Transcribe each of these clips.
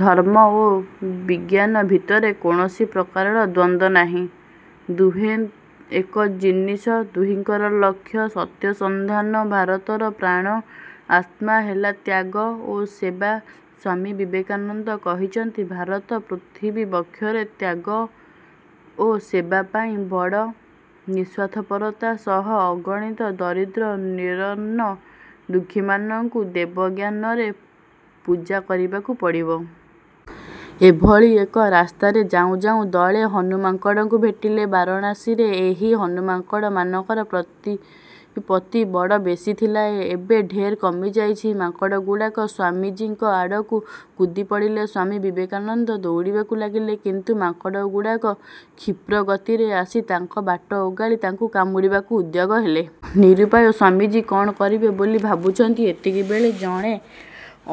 ଧର୍ମ ଓ ବିଜ୍ଞାନ ଭିତରେ କୌଣସି ପ୍ରକାରର ଦ୍ୱନ୍ଦ୍ୱ ନାହିଁ। ଦୁହେଁ ଏକ ଜିନିଷ, ଦୁହିଁଙ୍କର ଲକ୍ଷ୍ୟ—ସତ୍ୟସନ୍ଧାନ। ଭାରତର ପ୍ରାଣ-ଆତ୍ମା ହେଲା ତ୍ୟାଗ ଓ ସେବା। ସ୍ୱାମୀ ବିବେକାନନ୍ଦ କହିଛନ୍ତି, ଭାରତ ପୃଥିବୀବକ୍ଷରେ ତ୍ୟାଗ ଓ ସେବା ପାଇଁ ବଡ଼। ନିଃସ୍ୱାର୍ଥପରତା ସହ ଅଗଣିତ ଦରିଦ୍ର ନିରନ୍ନ ଦୁଃଖୀମାନଙ୍କୁ ଦେବଜ୍ଞାନରେ ପୂଜା କରିବାକୁ ପଡ଼ିବ। ଏହିଭଳି ଏକ ରାସ୍ତାରେ ଯାଉଁ ଯାଉଁ ଦଳେ ହନୁମାଙ୍କଡ଼ଙ୍କୁ ଭେଟିଲେ। ବାରାଣସୀରେ ଏହି ହନୁମାଙ୍କଡ଼ମାନଙ୍କର ପ୍ରତିପତ୍ତି ବଡ଼ ବେଶୀ ଥିଲା। ଏବେ ଢେର କମିଯାଇଛି। ମାଙ୍କଡ଼ଗୁଡ଼ାକ ସ୍ୱାମୀଜୀଙ୍କ ଆଡ଼କୁ କୁଦି ପଡ଼ିଲେ। ସ୍ୱାମୀ ବିବେକାନନ୍ଦ ଦୌଡ଼ିବାକୁ ଲାଗିଲେ। କିନ୍ତୁ ମାଙ୍କଡ଼ଗୁଡ଼ାକ କ୍ଷିପ୍ରଗତିରେ ଆସି ତାଙ୍କର ବାଟ ଓଗାଳି ତାଙ୍କୁ କାମୁଡ଼ିବାକୁ ଉଦ୍ୟଗ ହେଲେ। ନିରୁପାୟ ସ୍ୱାମୀଜୀ କ'ଣ କରିବେ ବୋଲି ଭାବୁଛନ୍ତି, ଏତିକିବେଳେ ଜଣେ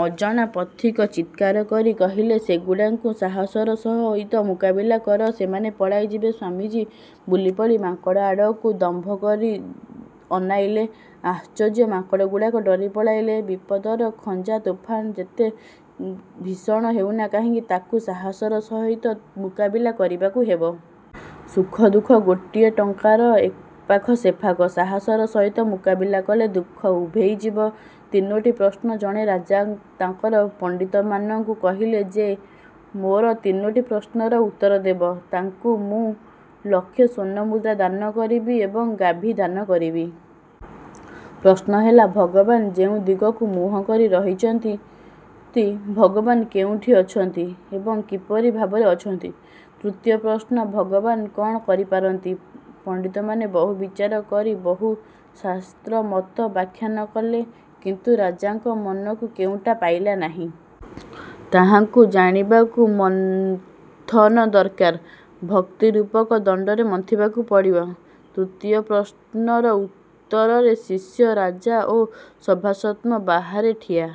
ଅଜଣା ପଥିକ ଚିତ୍କାର କରି କହିଲେ—''ସେଗୁଡ଼ାଙ୍କୁ ସାହସର ସହିତ ମୁକାବିଲା କର, ସେମାନେ ପଳାଇ ଯିବେ। '' ସ୍ୱାମୀଜୀ ବୁଲିପଡ଼ି ମାଙ୍କଡ଼ଙ୍କ ଆଡ଼କୁ ଦମ୍ଭ ଧରି ଅନାଇଲେ। ଆଶ୍ଚର୍ଯ୍ୟ, ମାଙ୍କଡ଼ଗୁଡ଼ାକ ଡରି ପଳାଇଲେ। ବିପଦର ଝଞ୍ଜା-ତୋଫାନ ଯେତେ ଭୀଷଣ ହେଉନା କାହିଁକି, ତାକୁ ସାହସର ସହିତ ମୁକାବିଲା କରିବାକୁ ହେବ। ସୁଖ ଦୁଃଖ ଗୋଟିଏ ଟଙ୍କା'ର ଏପାଖ ସେପାଖ। ସାହସର ସହିତ ମୁକାବିଲା କଲେ ଦୁଃଖ ଉଭେଇ ଯିବ। ତିନୋଟି ପ୍ରଶ୍ନ ଜଣେ ରାଜା ତାଙ୍କର ପଣ୍ତିତମାନଙ୍କୁ କହିଲେ, 'ଯେ ମୋର ତିନୋଟି ପ୍ରଶ୍ନର ଉତ୍ତର ଦେବ, ତାକୁ ମୁଁ ଲକ୍ଷେ ସ୍ୱର୍ଣ୍ଣମୁଦ୍ରା ଦାନ କରିବି ଏବଂ ଗାଭୀ ଦାନ କରିବି। ' ପ୍ରଶ୍ନ ହେଲା—ଭଗବାନ କେଉଁ ଦିଗକୁ ମୁହଁ କରି ରହିଛନ୍ତି? ଭଗବାନ କେଉଁଠି ଅଛନ୍ତି ଏବଂ କିପରି ଭାବରେ ଅଛନ୍ତି? ତୃତୀୟ ପ୍ରଶ୍ନ ହେଲା—ଭଗବାନ କ'ଣ କରିପାରନ୍ତି? ପଣ୍ତିତମାନେ ବହୁ ବିଚାର କରି ବହୁ ଶାସ୍ତ୍ରମତ ବ୍ୟାଖ୍ୟାନ କଲେ, କିନ୍ତୁ ରାଜାଙ୍କ ମନକୁ କେଉଁଟା ପାଇଲା ନାହିଁ। ତାହାଙ୍କୁ ଜାଣିବାକୁ ମନ୍ଥନ ଦରକାର। ଭକ୍ତିରୂପକ ଦଣ୍ତରେ ମନ୍ଥିବାକୁ ପଡ଼ିବ। ତୃତୀୟ ପ୍ରଶ୍ନର ଉତ୍ତରରେ ଶିଷ୍ୟ ରାଜା ଓ ସଭାସଦ୍ମାନଙ୍କୁ ବାହାରେ ଠିଆ